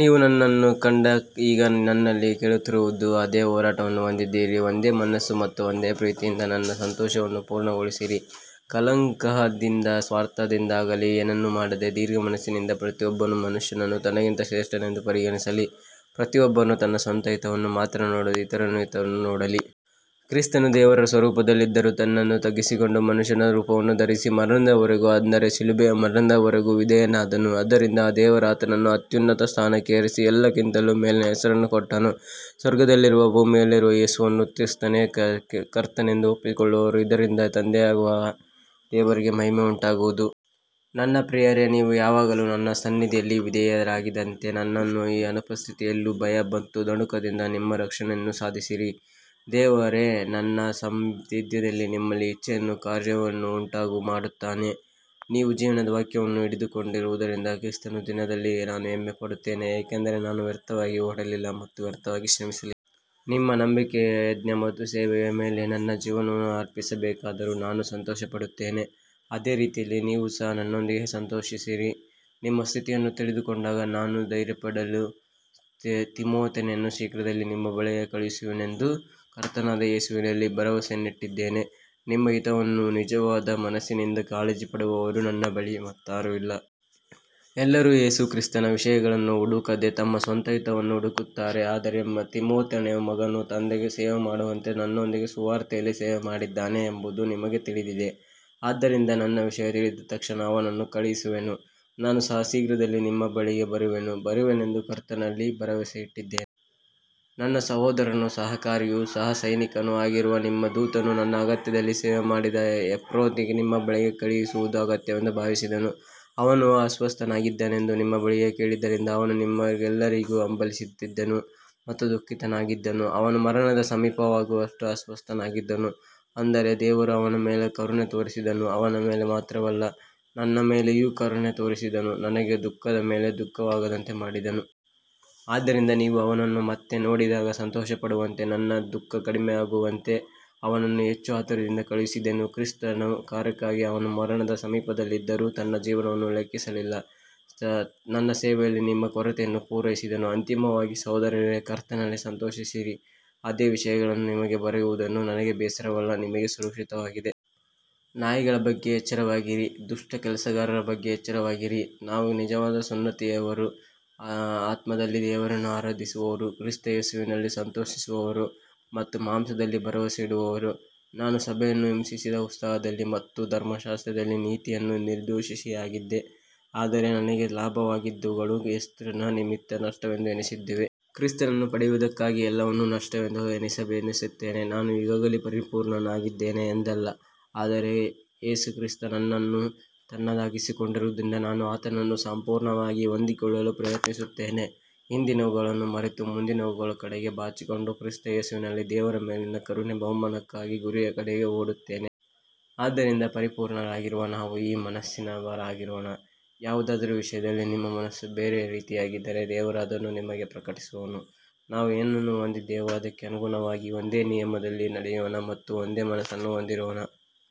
ನೀವು ನನ್ನಲ್ಲಿ ಕಂಡ ಮತ್ತು ಈಗ ನನ್ನಲ್ಲಿ ಕೇಳುತ್ತಿರುವ ಅದೇ ಹೋರಾಟವನ್ನು ಹೊಂದಿದ್ದೀರಿ. ಒಂದೇ ಮನಸ್ಸು ಮತ್ತು ಒಂದೇ ಪ್ರೀತಿಯಿಂದ ನನ್ನ ಸಂತೋಷವನ್ನು ಪೂರ್ಣಗೊಳಿಸಿರಿ. ಕಲಹದಿಂದಾಗಲಿ ಸ್ವಾರ್ಥದಿಂದಾಗಲಿ ಏನನ್ನೂ ಮಾಡದೆ, ದೀನಮನಸ್ಸಿನಿಂದ ಪ್ರತಿಯೊಬ್ಬನು ಮತ್ತೊಬ್ಬನನ್ನು ತನಗಿಂತ ಶ್ರೇಷ್ಠನೆಂದು ಪರಿಗಣಿಸಲಿ. ಪ್ರತಿಯೊಬ್ಬನು ತನ್ನ ಸ್ವಂತ ಹಿತವನ್ನು ಮಾತ್ರ ನೋಡದೆ ಇತರರ ಹಿತವನ್ನೂ ನೋಡಲಿ. ಕ್ರಿಸ್ತನು ದೇವರ ಸ್ವರೂಪದಲ್ಲಿದ್ದರೂ ತನ್ನನ್ನು ತಗ್ಗಿಸಿಕೊಂಡು ಮನುಷ್ಯನ ರೂಪವನ್ನು ಧರಿಸಿ, ಮರಣದವರೆಗೂ, ಅಂದರೆ ಶಿಲುಬೆಯ ಮರಣದವರೆಗೂ ವಿಧೇಯನಾದನು. ಆದ್ದರಿಂದ ದೇವರು ಆತನನ್ನು ಅತ್ಯುನ್ನತ ಸ್ಥಾನಕ್ಕೆ ಏರಿಸಿ, ಎಲ್ಲಕ್ಕಿಂತ ಮೇಲಿನ ಹೆಸರನ್ನು ಕೊಟ್ಟನು. ಸ್ವರ್ಗದಲ್ಲಿರುವವರೂ ಭೂಮಿಯಲ್ಲಿರುವವರೂ ಯೇಸು ಕ್ರಿಸ್ತನೇ ಕರ್ತನೆಂದು ಒಪ್ಪಿಕೊಳ್ಳುವರು, ಇದರಿಂದ ತಂದೆಯಾದ ದೇವರಿಗೆ ಮಹಿಮೆ ಉಂಟಾಗುವುದು. ನನ್ನ ಪ್ರಿಯರೇ, ನೀವು ಯಾವಾಗಲೂ ನನ್ನ ಸನ್ನಿಧಿಯಲ್ಲಿ ವಿಧೇಯರಾಗಿದ್ದಂತೆ ಈಗ ನನ್ನ ಅನುಪಸ್ಥಿತಿಯಲ್ಲಿಯೂ ಭಯ ಮತ್ತು ನಡುಕದಿಂದ ನಿಮ್ಮ ರಕ್ಷಣೆಯನ್ನು ಸಾಧಿಸಿರಿ. ದೇವರೇ ತನ್ನ ಸದುದ್ದೇಶದಂತೆ ನಿಮ್ಮಲ್ಲಿ ಇಚ್ಛೆಯನ್ನೂ ಕಾರ್ಯವನ್ನೂ ಉಂಟುಮಾಡುತ್ತಾನೆ. ನೀವು ಜೀವನದ ವಾಕ್ಯವನ್ನು ಹಿಡಿದುಕೊಂಡಿರುವುದರಿಂದ ಕ್ರಿಸ್ತನ ದಿನದಲ್ಲಿ ನಾನು ಹೆಮ್ಮೆಪಡುತ್ತೇನೆ, ಏಕೆಂದರೆ ನಾನು ವ್ಯರ್ಥವಾಗಿ ಓಡಲಿಲ್ಲ ಮತ್ತು ವ್ಯರ್ಥವಾಗಿ ಶ್ರಮಿಸಲಿಲ್ಲ. ನಿಮ್ಮ ನಂಬಿಕೆಯ ಯಜ್ಞ ಮತ್ತು ಸೇವೆಯ ಮೇಲೆ ನನ್ನ ಜೀವನವನ್ನು ಅರ್ಪಿಸಬೇಕಾದರೂ ನಾನು ಸಂತೋಷಪಡುತ್ತೇನೆ. ಅದೇ ರೀತಿಯಲ್ಲಿ ನೀವು ಸಹ ನನ್ನೊಂದಿಗೆ ಸಂತೋಷಿಸಿರಿ. ನಿಮ್ಮ ಸ್ಥಿತಿಯನ್ನು ತಿಳಿದುಕೊಂಡು ನಾನೂ ಧೈರ್ಯಪಡೆಯಲು ತಿಮೊಥೆಯನನ್ನು ಶೀಘ್ರದಲ್ಲೇ ನಿಮ್ಮ ಬಳಿಗೆ ಕಳುಹಿಸುವೆನೆಂದು ಕರ್ತನಾದ ಯೇಸುವಿನಲ್ಲಿ ಭರವಸೆಯಿಟ್ಟಿದ್ದೇನೆ. ನಿಮ್ಮ ಹಿತವನ್ನು ನಿಜವಾದ ಮನಸ್ಸಿನಿಂದ ಕಾಳಜಿಪಡುವವರು ನನ್ನ ಬಳಿ ಮತ್ತಾರೂ ಇಲ್ಲ. ಎಲ್ಲರೂ ಯೇಸು ಕ್ರಿಸ್ತನ ವಿಷಯಗಳನ್ನು ಹುಡುಕದೆ ತಮ್ಮ ಸ್ವಂತ ಹಿತವನ್ನು ಹುಡುಕುತ್ತಾರೆ. ಆದರೆ ತಿಮೊಥೆಯನು ಮಗನು ತಂದೆಗೆ ಸೇವೆಮಾಡುವಂತೆ ನನ್ನೊಂದಿಗೆ ಸುವಾರ್ತೆಯಲ್ಲಿ ಸೇವೆಮಾಡಿದ್ದಾನೆ ಎಂಬುದು ನಿಮಗೆ ತಿಳಿದಿದೆ. ಆದ್ದರಿಂದ ನನ್ನ ವಿಷಯ ತಿಳಿದ ತಕ್ಷಣ ಅವನನ್ನು ಕಳುಹಿಸುವೆನು. ನಾನು ಸಹ ಶೀಘ್ರದಲ್ಲೇ ನಿಮ್ಮ ಬಳಿಗೆ ಬರುವೆನೆಂದು ಕರ್ತನಲ್ಲಿ ಭರವಸೆಯಿಟ್ಟಿದ್ದೇನೆ. ನನ್ನ ಸಹೋದರನೂ ಸಹಕಾರಿಯೂ ಸಹಸೈನಿಕನೂ ಆಗಿರುವ, ನಿಮ್ಮ ದೂತನೂ ನನ್ನ ಅಗತ್ಯದಲ್ಲಿ ಸೇವೆಮಾಡಿದ ಎಪಾಫ್ರೋದಿತನನ್ನು ನಿಮ್ಮ ಬಳಿಗೆ ಕಳುಹಿಸುವುದು ಅಗತ್ಯವೆಂದು ಭಾವಿಸಿದೆನು. ಅವನು ಅಸ್ವಸ್ಥನಾಗಿದ್ದನೆಂದು ನೀವು ಕೇಳಿದ್ದರಿಂದ ಅವನು ನಿಮ್ಮೆಲ್ಲರಿಗಾಗಿ ಹಂಬಲಿಸುತ್ತಿದ್ದನು ಮತ್ತು ದುಃಖಿತನಾಗಿದ್ದನು. ಅವನು ಮರಣದ ಸಮೀಪವಾಗುವಷ್ಟು ಅಸ್ವಸ್ಥನಾಗಿದ್ದನು. ಆದರೆ ದೇವರು ಅವನ ಮೇಲೆ ಕರುಣೆ ತೋರಿಸಿದನು, ಅವನ ಮೇಲೆ ಮಾತ್ರವಲ್ಲ ನನ್ನ ಮೇಲೆಯೂ ಕರುಣೆ ತೋರಿಸಿದನು, ನನಗೆ ದುಃಖದ ಮೇಲೆ ದುಃಖವಾಗದಂತೆ ಮಾಡಿದನು. ಆದ್ದರಿಂದ ನೀವು ಅವನನ್ನು ಮತ್ತೆ ನೋಡಿದಾಗ ಸಂತೋಷಪಡುವಂತೆ ಮತ್ತು ನನ್ನ ದುಃಖ ಕಡಿಮೆಯಾಗುವಂತೆ ಅವನನ್ನು ಹೆಚ್ಚು ಆತುರದಿಂದ ಕಳುಹಿಸಿದೆನು. ಕ್ರಿಸ್ತನ ಕಾರ್ಯಕ್ಕಾಗಿ ಅವನು ಮರಣದ ಸಮೀಪದಲ್ಲಿದ್ದರೂ ತನ್ನ ಜೀವವನ್ನು ಲೆಕ್ಕಿಸಲಿಲ್ಲ, ನನ್ನ ಸೇವೆಯಲ್ಲಿ ನಿಮ್ಮ ಕೊರತೆಯನ್ನು ಪೂರೈಸಿದನು. ಅಂತಿಮವಾಗಿ, ಸಹೋದರರೇ, ಕರ್ತನಲ್ಲಿ ಸಂತೋಷಿಸಿರಿ. ಅದೇ ವಿಷಯಗಳನ್ನು ನಿಮಗೆ ಬರೆಯುವುದು ನನಗೆ ಬೇಸರವಲ್ಲ, ನಿಮಗೆ ಸುರಕ್ಷಿತವಾಗಿದೆ. ನಾಯಿಗಳ ಬಗ್ಗೆ ಎಚ್ಚರವಾಗಿರಿ, ದುಷ್ಟ ಕೆಲಸಗಾರರ ಬಗ್ಗೆ ಎಚ್ಚರವಾಗಿರಿ. ನಾವು ನಿಜವಾದ ಸುನ್ನತಿಯವರು, ಆತ್ಮದಲ್ಲಿ ದೇವರನ್ನು ಆರಾಧಿಸುವವರು, ಕ್ರಿಸ್ತ ಯೇಸುವಿನಲ್ಲಿ ಸಂತೋಷಿಸುವವರು ಮತ್ತು ಮಾಂಸದಲ್ಲಿ ಭರವಸೆಯಿಡದವರು. ನಾನು ಸಭೆಯನ್ನು ಹಿಂಸಿಸಿದ ಉತ್ಸಾಹದಲ್ಲಿ ಮತ್ತು ಧರ್ಮಶಾಸ್ತ್ರದ ನೀತಿಯಲ್ಲಿ ನಿರ್ದೋಷಿಯಾಗಿದ್ದೆ. ಆದರೆ ನನಗೆ ಲಾಭವಾಗಿದ್ದವುಗಳನ್ನು ಕ್ರಿಸ್ತನ ನಿಮಿತ್ತ ನಷ್ಟವೆಂದು ಎಣಿಸಿದ್ದೇನೆ. ಕ್ರಿಸ್ತನನ್ನು ಪಡೆಯುವುದಕ್ಕಾಗಿ ಎಲ್ಲವನ್ನೂ ನಷ್ಟವೆಂದು ಎಣಿಸುತ್ತೇನೆ. ನಾನು ಈಗಾಗಲೇ ಪರಿಪೂರ್ಣನಾಗಿದ್ದೇನೆ ಎಂದಲ್ಲ, ಆದರೆ ಕ್ರಿಸ್ತ ಯೇಸು ನನ್ನನ್ನು ತನ್ನದಾಗಿಸಿಕೊಂಡಿರುವುದರಿಂದ ನಾನು ಆತನನ್ನು ಸಂಪೂರ್ಣವಾಗಿ ಹೊಂದಿಕೊಳ್ಳಲು ಪ್ರಯತ್ನಿಸುತ್ತೇನೆ. ಹಿಂದಿನವುಗಳನ್ನು ಮರೆತು ಮುಂದಿರುವವುಗಳ ಕಡೆಗೆ ಚಾಚಿಕೊಂಡು, ಕ್ರಿಸ್ತ ಯೇಸುವಿನಲ್ಲಿ ದೇವರ ಮೇಲಿನ ಕರೆಯ ಬಹುಮಾನಕ್ಕಾಗಿ ಗುರಿಯ ಕಡೆಗೆ ಓಡುತ್ತೇನೆ. ಆದ್ದರಿಂದ ಪರಿಪೂರ್ಣರಾಗಿರುವ ನಾವು ಈ ಮನಸ್ಸಿನವರಾಗಿರೋಣ. ಯಾವುದಾದರೂ ವಿಷಯದಲ್ಲಿ ನಿಮ್ಮ ಮನಸ್ಸು ಬೇರೆ ರೀತಿಯಾಗಿದ್ದರೆ ದೇವರು ಅದನ್ನೂ ನಿಮಗೆ ಪ್ರಕಟಿಸುವನು. ನಾವು ಏನನ್ನು ಹೊಂದಿದ್ದೇವೋ ಅದಕ್ಕೆ ಅನುಗುಣವಾಗಿ ಒಂದೇ ನಿಯಮದಲ್ಲಿ ನಡೆಯೋಣ ಮತ್ತು ಒಂದೇ ಮನಸ್ಸು ಹೊಂದಿರೋಣ.